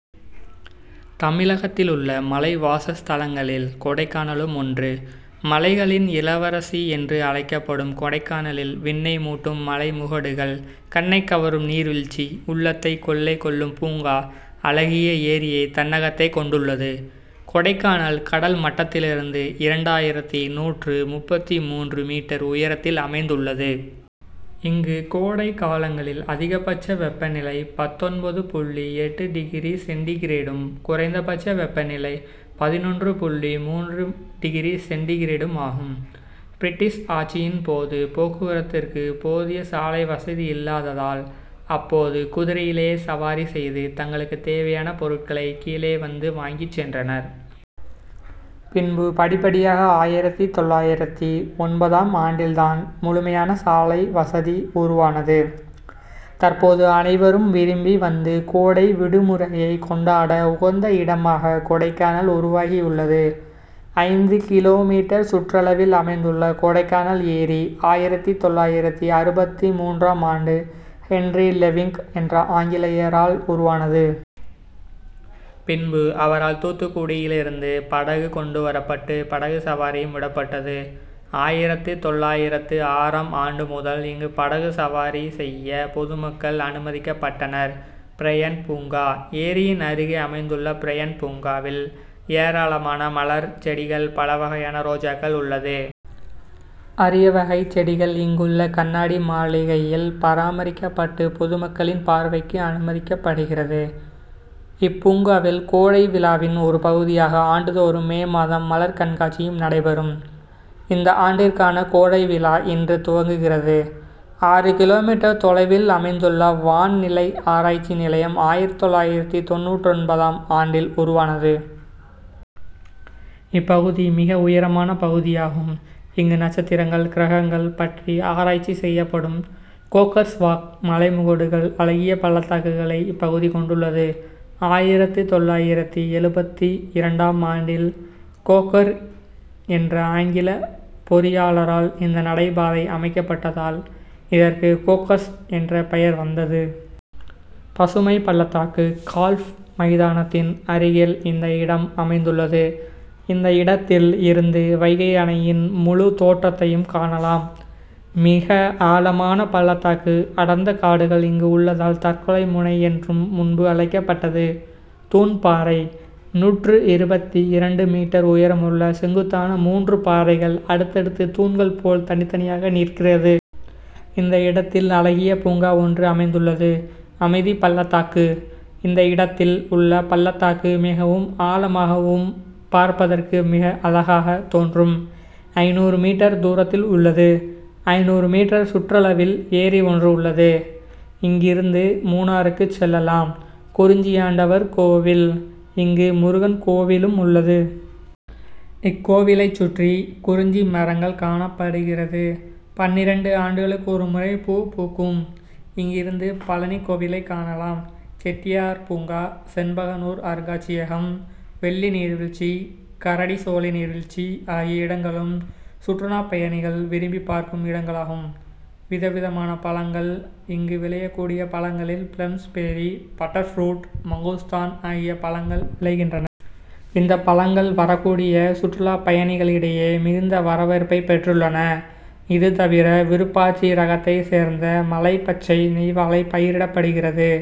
தமிழகத்திலுள்ள மலை வாசஸ்தலங்களில் கொடைக்கானலும் ஒன்று. மலைகளின் இளவரசி என்றும் அழைக்கப்படும் கொடைக்கானலில் விண்ணை முட்டும் மலைமுகடுகள் கண்ணைக்கவரும் நீர்வீழ்ச்சி உள்ளத்தை கொள்ளை கொள்ளும் பூங்கா அழகிய ஏரியை தன்னகத்தே கொண்டுள்ளது. கொடைக்கானல் கடல் மட்டத்திலிருந்து இரண்டாயிரத்தி நூற்று முப்பத்து மூன்று மீட்டர் உயரத்தில் அமைந்துள்ளது. இங்கு கோடை காலங்களில் அதிகபட்ச வெப்பநிலை பத்தொன்பது புள்ளி எட்டு டிகிரி சென்டிகிரேடும் குறைந்தபட்ச வெப்பநிலை பதினொன்று புள்ளி மூன்று டிகிரி சென்டிகிரேடும் ஆகும். பிரிட்டிஷ் ஆட்சியின் போது போக்குவரத்திற்கு போதிய சாலை வசதியில்லாததால் அப்போது குதிரையிலே சவாரி செய்து தங்களுக்கு தேவையான பொருட்களை கீழே வந்து வாங்கிச்சென்றனர். பின்பு படிப்படியாக ஆயிரத்து தொள்ளாயிரத்து ஒன்பதாம் ஆண்டில்தான் முழுமையான சாலை வசதி உருவானது. தற்போது அனைவரும் விரும்பி வந்து கோடை விடுமுறையை கொண்டாட உகந்த இடமாக கொடைக்கானல் உருவாகியுள்ளது. ஐந்து கிலோமீட்டர் சுற்றளவில் அமைந்துள்ள கொடைக்கானல் ஏரி ஆயிரத்தி தொள்ளாயிரத்து அறுபத்து மூன்றாம் ஆண்டு ஹென்றி லெவிங்க் என்ற ஆங்கிலேயரால் உருவானது. பின்பு அவரால் தூத்துக்குடியிலிருந்து படகு கொண்டு வரப்பட்டு படகு சவாரியும் விடப்பட்டது. ஆயிரத்தி தொள்ளாயிரத்து ஆறாம் ஆண்டு முதல் இங்கு படகு சவாரி செய்ய பொதுமக்கள் அனுமதிக்கப்பட்டனர். பிரையண்ட் பூங்கா: ஏரியின் அருகே அமைந்துள்ள பிரையண்ட் பூங்காவில் ஏராளமான மலர் செடிகள் பல வகையான ரோஜாக்கள் உள்ளது. அரிய வகை செடிகள் இங்குள்ள கண்ணாடி மாளிகையில் பராமரிக்கப்பட்டு பொதுமக்களின் பார்வைக்கு அனுமதிக்கப்படுகிறது. இப்பூங்காவில் கோடைவிழாவின் ஒரு பகுதியாக ஆண்டுதோறும் மே மாதம் மலர் கண்காட்சியும் நடைபெறும். இந்த ஆண்டிற்கான கோடை விழா இன்று துவங்குகிறது. ஆறு கிலோமீட்டர் தொலைவில் அமைந்துள்ள வான்நிலை ஆராய்ச்சி நிலையம் ஆயிரத்து தொள்ளாயிரத்து தொண்ணூற்றொன்பதாம் ஆண்டில் உருவானது. இப்பகுதி மிக உயரமான பகுதியாகும். இங்கு நட்சத்திரங்கள் கிரகங்கள் பற்றி ஆராய்ச்சி செய்யப்படும். கோக்கர்ஸ் வாக்: மலைமுகடுகள் அழகிய பள்ளத்தாக்குகளை இப்பகுதி கொண்டுள்ளது. ஆயிரத்தி தொள்ளாயிரத்தி எழுபத்தி இரண்டாம் ஆண்டில் கோக்கர் என்ற ஆங்கில பொறியாளரால் இந்த நடைபாதை அமைக்கப்பட்டதால் இதற்கு கோக்கர்ஸ் என்ற பெயர் வந்தது. பசுமை பள்ளத்தாக்கு: கால்ப் மைதானத்தின் அருகில் இந்த இடம் அமைந்துள்ளது. இந்த இடத்தில் இருந்து வைகை அணையின் முழு தோற்றத்தையும் காணலாம். மிக ஆழமான பள்ளத்தாக்கு அடர்ந்த காடுகள் இங்கு உள்ளதால் தற்கொலை முனை என்றும் முன்பு அழைக்கப்பட்டது. தூண்பாறை: நூற்று இருபத்தி இரண்டு மீட்டர் உயரமுள்ள செங்குத்தான மூன்று பாறைகள் அடுத்தடுத்து தூண்கள் போல் தனித்தனியாக நிற்கிறது. இந்த இடத்தில் அழகிய பூங்கா ஒன்று அமைந்துள்ளது. அமைதிபள்ளத்தாக்கு: இந்த இடத்தில் உள்ள பள்ளத்தாக்கு மிகவும் ஆழமாகவும் பார்ப்பதற்கு மிக அழகாக தோன்றும். ஐந்நூறு மீட்டர் தூரத்தில் உள்ளது. ஐந்நூறு மீட்டர் சுற்றளவில் ஏரி ஒன்று உள்ளது. இங்கிருந்து மூணாறுக்கு செல்லலாம். குறிஞ்சியாண்டவர் கோவில்: இங்கு முருகன் கோவிலும் உள்ளது. இக்கோவிலை சுற்றி குறிஞ்சி மரங்கள் காணப்படுகிறது. பன்னிரண்டு ஆண்டுகளுக்கு ஒரு முறை பூ பூக்கும். இங்கிருந்து பழநி கோவிலை காணலாம். செட்டியார் பூங்கா செண்பகனூர் அருங்காட்சியகம் வெள்ளி நீர்வீழ்ச்சி கரடி சோலை நீர்வீழ்ச்சி ஆகிய இடங்களும் சுற்றுலா பயணிகள் விரும்பி பார்க்கும் இடங்களாகும். விதவிதமான பழங்கள்: இங்கு விளையக்கூடிய பழங்களில் பிளம்ஸ் பேரி பட்டர்புரூட் மங்குஸ்தான் ஆகிய பழங்கள் விளைகின்றன. இந்த பழங்கள் வரக்கூடிய சுற்றுலா பயணிகளிடையே மிகுந்த வரவேற்பை பெற்றுள்ளன. இது தவிர விருப்பாச்சி ரகத்தை சேர்ந்த மலை பச்சை நெய்வாழை பயிரிடப்படுகிறது.